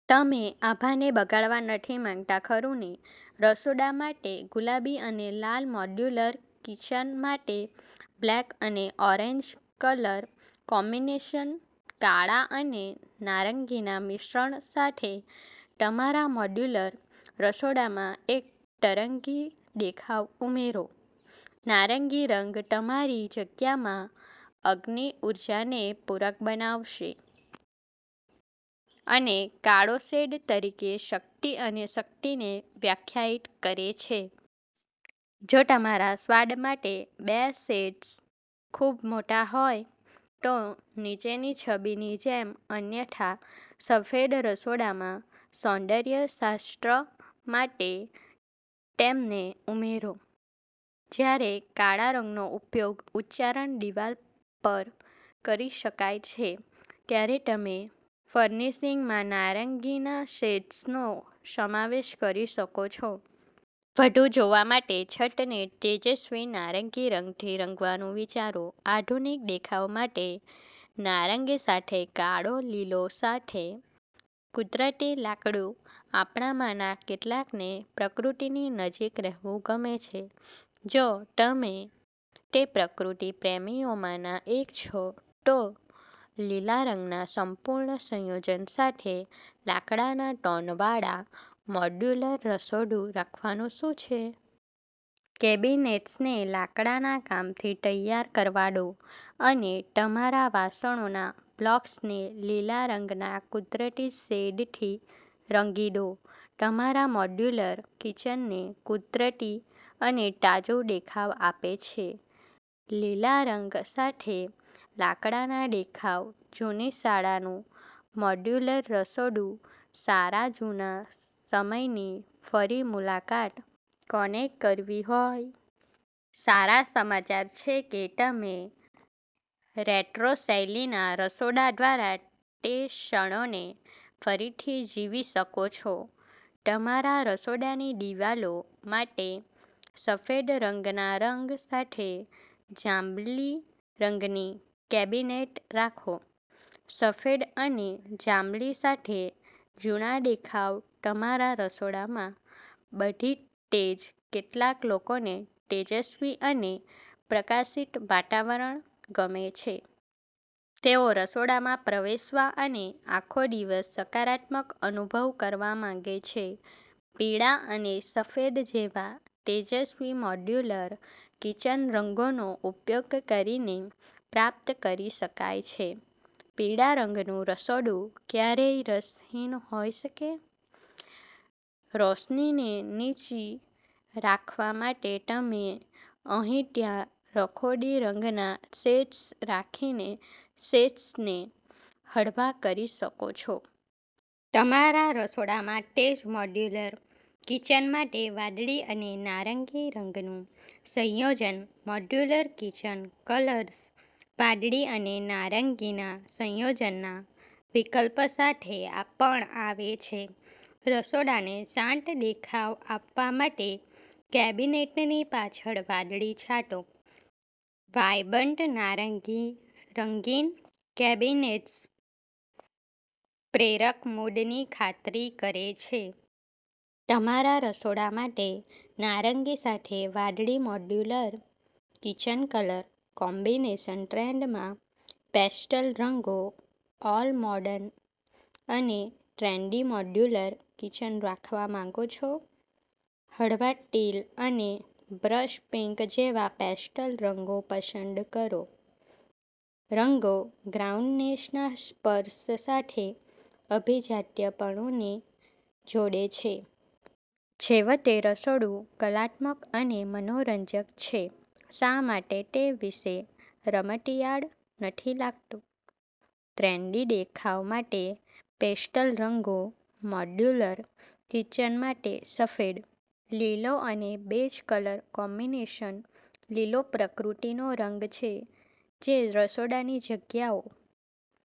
તમે આભાને બગાડવા નથી માંગતા, ખરું ને? રસોડા માટે ગુલાબી અને લાલ મોડ્યુલર કિચન માટે બ્લેક અને ઓરેન્જ કલર કોમ્બિનેશન કાળા અને નારંગીના મિશ્રણ સાથે તમારા મોડ્યુલર રસોડામાં એક તરંગી દેખાવ ઉમેરો. નારંગી રંગ તમારી જગ્યામાં અગ્નિ ઊર્જાને પૂરક બનાવશે, અને કાળો શેડ તરીકે શક્તિ અને શક્તિને વ્યાખ્યાયિત કરે છે. જો તમારા સ્વાદ માટે બે શેડ્સ ખૂબ મોટા હોય, તો નીચેની છબીની જેમ અન્યથા સફેદ રસોડામાં સૌંદર્ય શાસ્ત્ર માટે તેમને ઉમેરો. જ્યારે કાળા રંગનો ઉપયોગ ઉચ્ચારણ દિવાલ પર કરી શકાય છે, ત્યારે તમે ફર્નિશિંગમાં નારંગીના શેડ્સનો સમાવેશ કરી શકો છો. વધુ જોવા માટે, છતને તેજસ્વી નારંગી રંગથી રંગવાનું વિચારો. આધુનિક દેખાવ માટે નારંગી સાથે કાળો લીલા સાથે કુદરતી લાકડું આપણામાંના કેટલાકને પ્રકૃતિની નજીક રહેવું ગમે છે. જો તમે તે પ્રકૃતિ પ્રેમીઓમાંના એક છો, તો લીલા રંગના સંપૂર્ણ સંયોજન સાથે લાકડાના ટોનવાળા મોડ્યુલર રસોડું રાખવાનું શું છે? કેબિનેટ્સને લાકડાના કામથી તૈયાર કરવા દો, અને તમારા વાસણોના બ્લોક્સને લીલા રંગના કુદરતી શેડથી રંગી દો. તમારા મોડ્યુલર કિચનને કુદરતી અને તાજું દેખાવ આપે છે. લીલા રંગ સાથે લાકડાના દેખાવ જૂની શાળાનું મોડ્યુલર રસોડું સારા જૂના સમયની ફરી મુલાકાત કોનેકરવી હોય? સારા સમાચારછે કે તમે રેટ્રો-શૈલીના રસોડા દ્વારા તે ક્ષણોને ફરીથી જીવી શકો છો. તમારા રસોડાની દિવાલો માટે સફેદ રંગના રંગ સાથે જાંબલી રંગની કેબિનેટ રાખો. સફેદ અને જાંબલી સાથે જૂના દેખાવ તમારા રસોડામાં બધી તેજ કેટલાક લોકોને તેજસ્વી અને પ્રકાશિત વાતાવરણ ગમે છે. તેઓ રસોડામાં પ્રવેશવા અને આખો દિવસ સકારાત્મક અનુભવ કરવા માંગે છે. પીળા અને સફેદ જેવા તેજસ્વી મોડ્યુલર કિચન રંગોનો ઉપયોગ કરીને પ્રાપ્ત કરી શકાય છે. પીળા રંગનું રસોડું ક્યારેય રસહીન હોઈ શકે? રોશનીને નીચી રાખવા માટે તમે અહીં-ત્યાં રાખોડી રંગના શેડ્સ રાખીને શેડ્સને હળવા કરી શકો છો. તમારા રસોડામાં તેજ મોડ્યુલર કિચન માટે વાદળી અને નારંગી રંગનું સંયોજન મોડ્યુલર કિચન કલર્સ વાદળી અને નારંગીના સંયોજનના વિકલ્પ સાથે પણ આવે છે. રસોડાને શાંત દેખાવ આપવા માટે કેબિનેટની પાછળ વાદળી છાંટો. વાઇબ્રન્ટ નારંગી-રંગીન કેબિનેટ્સ પ્રેરક મૂડની ખાતરી કરે છે. તમારા રસોડા માટે નારંગી સાથે વાદળી મોડ્યુલર કિચન કલર કોમ્બિનેશનટ્રેન્ડમાં પેસ્ટલ રંગો ઓલ-મોર્ડન અને ટ્રેન્ડી મોડ્યુલર કિચન રાખવા માંગો છો? હળવા ટીલ અને બ્લશ પિંક જેવા પેસ્ટલ રંગો પસંદ કરો. રંગો ગ્રાઉન્ડનેસના સ્પર્શ સાથે અભિજાત્યપણુને જોડે છે. છેવટે, રસોડું કલાત્મક અને મનોરંજક છે. શા માટે તે વિશે રમતિયાળ નથી લાગતું? ટ્રેન્ડી દેખાવ માટે પેસ્ટલ રંગો મોડ્યુલર કિચન માટે સફેદ, લીલો અને બેજ કલર કોમ્બિનેશન લીલોપ્રકૃતિનો રંગ છે જે રસોડાની જગ્યાઓ